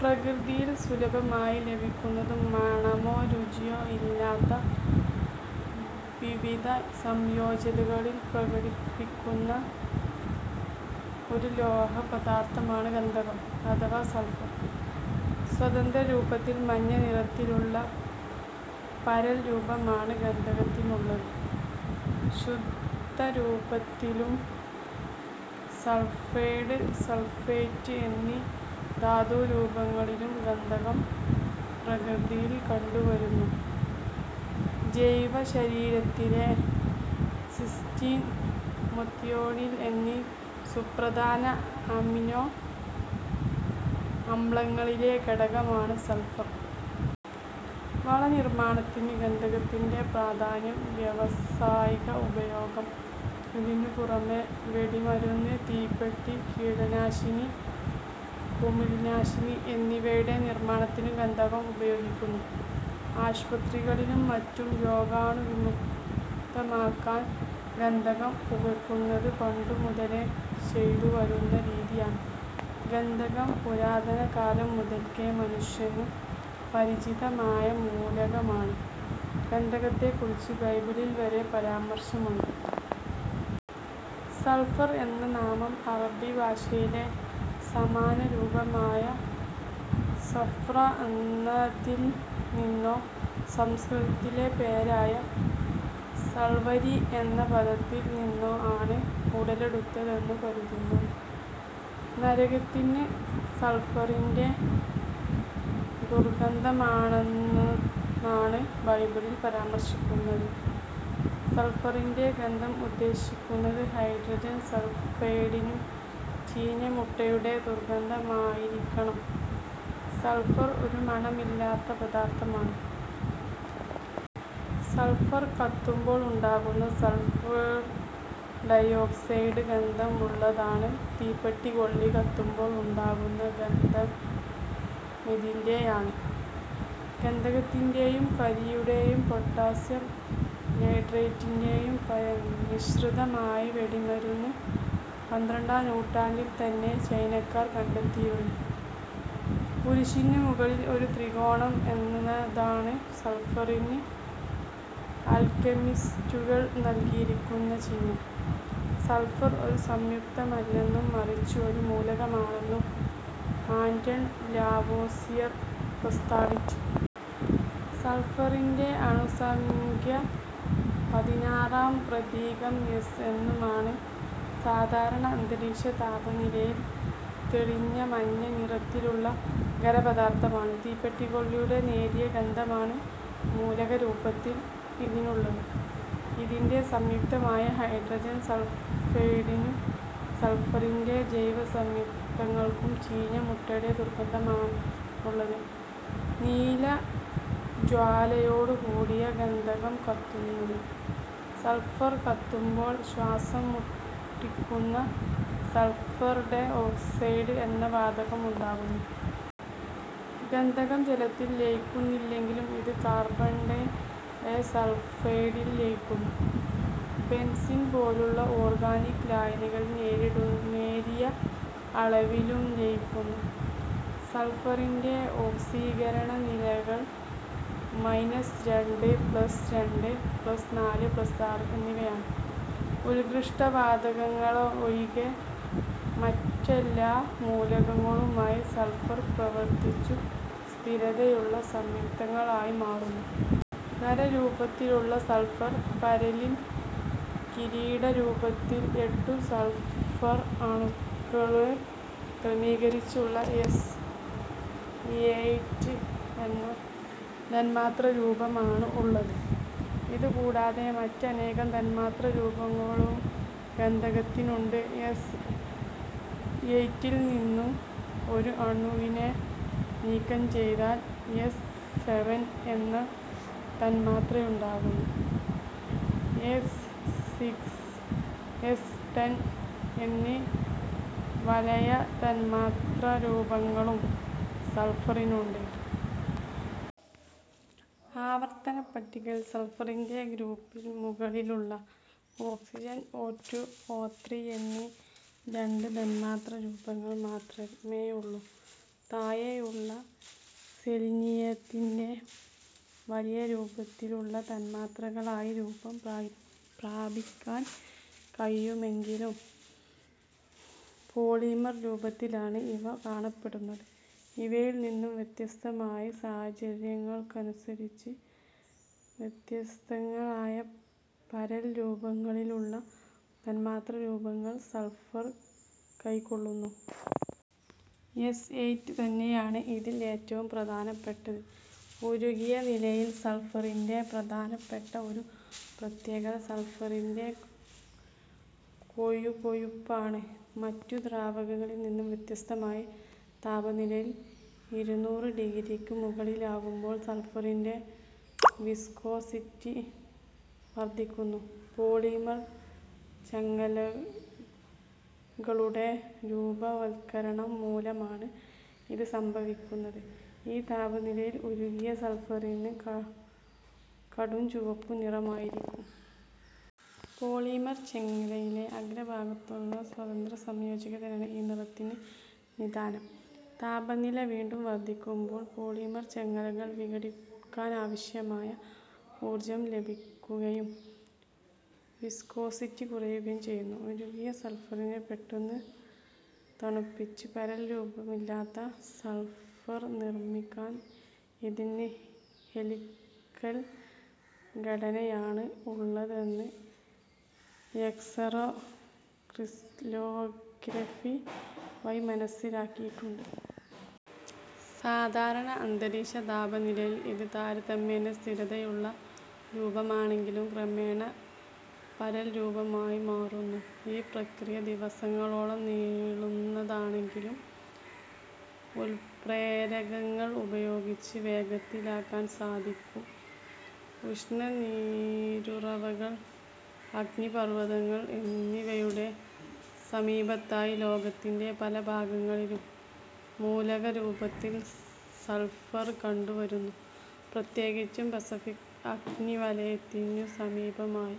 പ്രകൃതിയിൽ സുലഭമായി ലഭിക്കുന്നതും മണമോ രുചിയോ ഇല്ലാത്ത വിവിധ സംയോജകതകൾ പ്രകടിപ്പിക്കുന്ന ഒരു ലോഹ പദാർത്ഥമാണ് ഗന്ധകം അഥവാ സൾഫർ. സ്വതന്ത്രരൂപത്തിൽ മഞ്ഞ നിറത്തിലുള്ള പരൽരൂപമാണ് ഗന്ധകത്തിനുള്ളത്. ശുദ്ധരൂപത്തിലും, സൾഫൈഡ്, സൾഫേറ്റ് എന്നീ ധാതുരൂപങ്ങളിലും ഗന്ധകം പ്രകൃതിയിൽ കണ്ടുവരുന്നു. ജൈവശരീരത്തിലെ സിസ്റ്റീൻ, മെത്തിയോണിൻ എന്നീ സുപ്രധാന അമിനോ അമ്ലങ്ങളിലെ ഘടകമാണ് സൾഫർ. വളം നിർമ്മാണമാണ് ഗന്ധകത്തിൻ്റെ പ്രാധാന വ്യാവസായിക ഉപയോഗം. ഇതിനു പുറമേ വെടിമരുന്ന്, തീപ്പെട്ടി, കീടനാശിനി, കുമിൾനാശിനി എന്നിവയുടെ നിർമ്മാണത്തിനും ഗന്ധകം ഉപയോഗിക്കുന്നു. ആശുപത്രികളിലും മറ്റും രോഗാണുവിമുക്തമാക്കാൻ ഗന്ധകം പുകക്കുന്നത് പണ്ടു മുതലേ ചെയ്തു വരുന്ന രീതിയാണ്. ഗന്ധകം പുരാതനകാലം മുതൽക്കേ മനുഷ്യനു പരിചിതമായ മൂലകമാണ്. ഗന്ധകത്തെക്കുറിച്ച് ബൈബിളിൽ വരെ പരാമർശമുണ്ട്. സൾഫർ എന്ന നാമം അറബി ഭാഷയിലെ സമാനരൂപമായ സഫ്ര എന്നതിൽ നിന്നോ സംസ്കൃതത്തിലെ പേരായ സൾവരി എന്ന പദത്തിൽ നിന്നോ ആണ് ഉടലെടുത്തതെന്നു കരുതുന്നു. നരകത്തിന് സൾഫറിൻ്റെ ദുർഗന്ധമാണന്ന് മാണ് ബൈബിളിൽ പരാമർശിക്കുന്നത്. സൾഫറിൻ്റെ ഗന്ധം എന്നുദ്ദേശിക്കുന്നത് ഹൈഡ്രജൻ സൾഫൈഡിൻ ചീഞ്ഞ മുട്ടയുടെ ദുർഗന്ധമായിരിക്കണം, സൾഫർ ഒരു മണമില്ലാത്ത പദാർത്ഥമാണ്. സൾഫർ കത്തുമ്പോൾ ഉണ്ടാകുന്ന സൾഫർ ഡയോക്സൈഡ് ഗന്ധമുള്ളതാണ്. തീപ്പെട്ടിക്കൊള്ളി കത്തുമ്പോൾ ഉണ്ടാകുന്ന ഗന്ധമിതിൻ്റെയാണ്. ഗന്ധകത്തിൻ്റെയും കരിയുടേയും പൊട്ടാസ്യം നൈട്രേറ്റിൻ്റെയും മിശ്രിതമായി വെടിമരുന്ന് പന്ത്രണ്ടാം നൂറ്റാണ്ടിൽത്തന്നെ ചൈനക്കാർ കണ്ടെത്തിയിരുന്നു. കുരിശിനു മുകളിൽ ഒരു ത്രികോണം എന്നതാണ് സൾഫറിന് ആൽകെമിസ്റ്റുകൾ നൽകിയിരിക്കുന്നു ചിഹ്നം. സൾഫർ ഒരു സംയുക്തമല്ലെന്നും മറിച്ച് ഒരു മൂലകമാണെന്നും ആന്റൺ ലാവോസിയർ പ്രസ്താവിച്ചു. സൾഫറിൻ്റെ അണുസംഖ്യ പതിനാറാം പ്രതീകം എസ് എന്നുമാണ്. സാധാരണ അന്തരീക്ഷതാപനിലയിൽ തെളിഞ്ഞ മഞ്ഞ നിറത്തിലുള്ള ഖരപദാർത്ഥമാണ്. തീപ്പെട്ടിക്കൊള്ളിയുടെ നേരിയ ഗന്ധമാണ് മൂലകരൂപത്തിൽ ഇതിനുള്ളത്. ഇതിൻ്റെ സംയുക്തമായ ഹൈഡ്രജൻ സൾഫൈഡിനും സൾഫറിൻ്റെ ജൈവ സംയുക്തങ്ങൾക്കും ചീഞ്ഞ മുട്ടയുടെ ദുർഗന്ധമാണുള്ളത്. നീല ജ്വാലയോടു കൂടിയ ഗന്ധകം കത്തുന്നത്. സൾഫർ കത്തുമ്പോൾ ശ്വാസം മുട്ടിക്കുന്ന സൾഫർ ഡൈ ഓക്സൈഡ് എന്ന വാതകം ഉണ്ടാകുന്നു. ഗന്ധകം ജലത്തിൽ ലയിക്കുന്നില്ലെങ്കിലും ഇത് കാർബൺ ഡൈസൾഫൈഡിൽ ലയിക്കുന്നു. ബെൻസീൻ പോലുള്ള ഓർഗാനിക് ലായനികളിൽ നേരിടു നേരിയ അളവിലും ലയിക്കുന്നു. സൾഫറിൻ്റെ ഓക്സീകരണ നിലകൾ മൈനസ് രണ്ട്, പ്ലസ് രണ്ട്, പ്ലസ് നാല്, പ്ലസ് ആറ് എന്നിവയാണ്. ഉൽകൃഷ്ടവാതകങ്ങളൊഴികെ മറ്റെല്ലാ മൂലകങ്ങളുമായും സൾഫർ പ്രവർത്തിച്ചു സ്ഥിരതയുള്ള സംയുക്തങ്ങളായി മാറുന്നു. ഖരരൂപത്തിലുള്ള സൾഫർ പരലിൽ കിരീടരൂപത്തിൽ എട്ടു സൾഫർ അണുക്കളെ ക്രമീകരിച്ചുള്ള എസ് എയിറ്റ് എന്ന തന്മാത്രാരൂപമാണ് ഉള്ളത്. ഇതു കൂടാതെ മറ്റനേകം തന്മാത്രാരൂപങ്ങളും ഗന്ധകത്തിനുണ്ട്. എസ് എയിറ്റിൽ നിന്നും ഒരു അണുവിനെ നീക്കം ചെയ്താൽ എസ് സെവൻ എന്ന തന്മാത്രയുണ്ടാകുന്നു. എസ് സിക്സ്, എസ് ടെൻ എന്നീ വലയതന്മാത്രാരൂപങ്ങളും സൾഫറിനുണ്ട്. ആവർത്തനപ്പട്ടികയിൽ സൾഫറിൻ്റെ ഗ്രൂപ്പിൽ മുകളിലുള്ള ഓക്സിജന് ഒ ടു, ഒ ത്രീ എന്നീ രണ്ടു തന്മാത്രാരൂപങ്ങൾ മാത്രമേയുള്ളൂ. താഴെയുള്ള സെലീനിയത്തിന് വലയരൂപത്തിലുള്ള തന്മാത്രകളായി രൂപം പ്ര പ്രാപിക്കാൻ കഴിയുമെങ്കിലും പോളിമർ രൂപത്തിലാണ് ഇവ കാണപ്പെടുന്നത്. ഇവയിൽ നിന്നു വ്യത്യസ്തമായി സാഹചര്യങ്ങൾക്കനുസരിച്ച് വ്യത്യസ്തങ്ങളായ പരൽരൂപങ്ങളിലുള്ള തന്മാത്രാരൂപങ്ങൾ സൾഫർ കൈക്കൊള്ളുന്നു. എസ് എയിറ്റ് തന്നെയാണ് ഇതിൽ ഏറ്റവും പ്രധാനപ്പെട്ടത്. ഉരുകിയ നിലയിൽ സൾഫറിൻ്റെ പ്രധാനപ്പെട്ട ഒരു പ്രത്യേകത സൽഫറിന്റെ കൊഴുകൊഴുപ്പാണ്. മറ്റു ദ്രാവകങ്ങളിൽ നിന്നും വ്യത്യസ്തമായി താപനില ഇരുനൂറ് ഡിഗ്രിക്ക് മുകളിലാകുമ്പോൾ സൾഫറിൻ്റെ വിസ്കോസിറ്റി വർദ്ധിക്കുന്നു. പോളീമർ ചങ്ങലകളുടെ രൂപവത്കരണം മൂലമാണ് ഇത് സംഭവിക്കുന്നത്. ഈ താപനിലയിൽ ഉരുകിയ സൾഫറിന് ക കടും ചുവപ്പുനിറമായിരിക്കും. പോളിമർ ചങ്ങലയിലെ അഗ്രഭാഗത്തുള്ള സ്വതന്ത്ര സംയോജകതയാണ് ഈ നിറത്തിന് നിദാനം. താപനില വീണ്ടും വർദ്ധിക്കുമ്പോൾ പോളീമർ ചങ്ങലകൾ വിഘടിക്കാനാവശ്യമായ ഊർജ്ജം ലഭിക്കുകയും വിസ്കോസിറ്റി കുറയുകയും ചെയ്യുന്നു. ഉരുകിയ സൾഫറിനെ പെട്ടെന്ന് തണുപ്പിച്ച് പരൽരൂപമില്ലാത്ത സൾഫർ നിർമ്മിക്കാം. ഇതിന് ഹെലിക്കൽ ഘടനയാണ് ഉള്ളതെന്ന് എക്സ്-റോ ക്രിസ്റ്റലോഗ്രഫി വഴി മനസ്സിലാക്കിയിട്ടുണ്ട്. സാധാരണ അന്തരീക്ഷതാപനിലയിൽ ഇത് താരതമ്യേന സ്ഥിരതയുള്ള രൂപമാണെങ്കിലും ക്രമേണ പരൽരൂപമായി മാറുന്നു. ഈ പ്രക്രിയ ദിവസങ്ങളോളം നീളുന്നതാണെങ്കിലും ഉല്പ്രേരകങ്ങൾ ഉപയോഗിച്ച് വേഗത്തിലാക്കാൻ സാധിക്കും. ഉഷ്ണനീരുറവകൾ, അഗ്നിപർവതങ്ങൾ എന്നിവയുടെ സമീപത്തായി ലോകത്തിൻ്റെ പലഭാഗങ്ങളിലും മൂലകരൂപത്തിൽ സൾഫർ കണ്ടുവരുന്നു. പ്രത്യേകിച്ചും പസഫിക് അഗ്നി വലയത്തിന്നു സമീപമായി.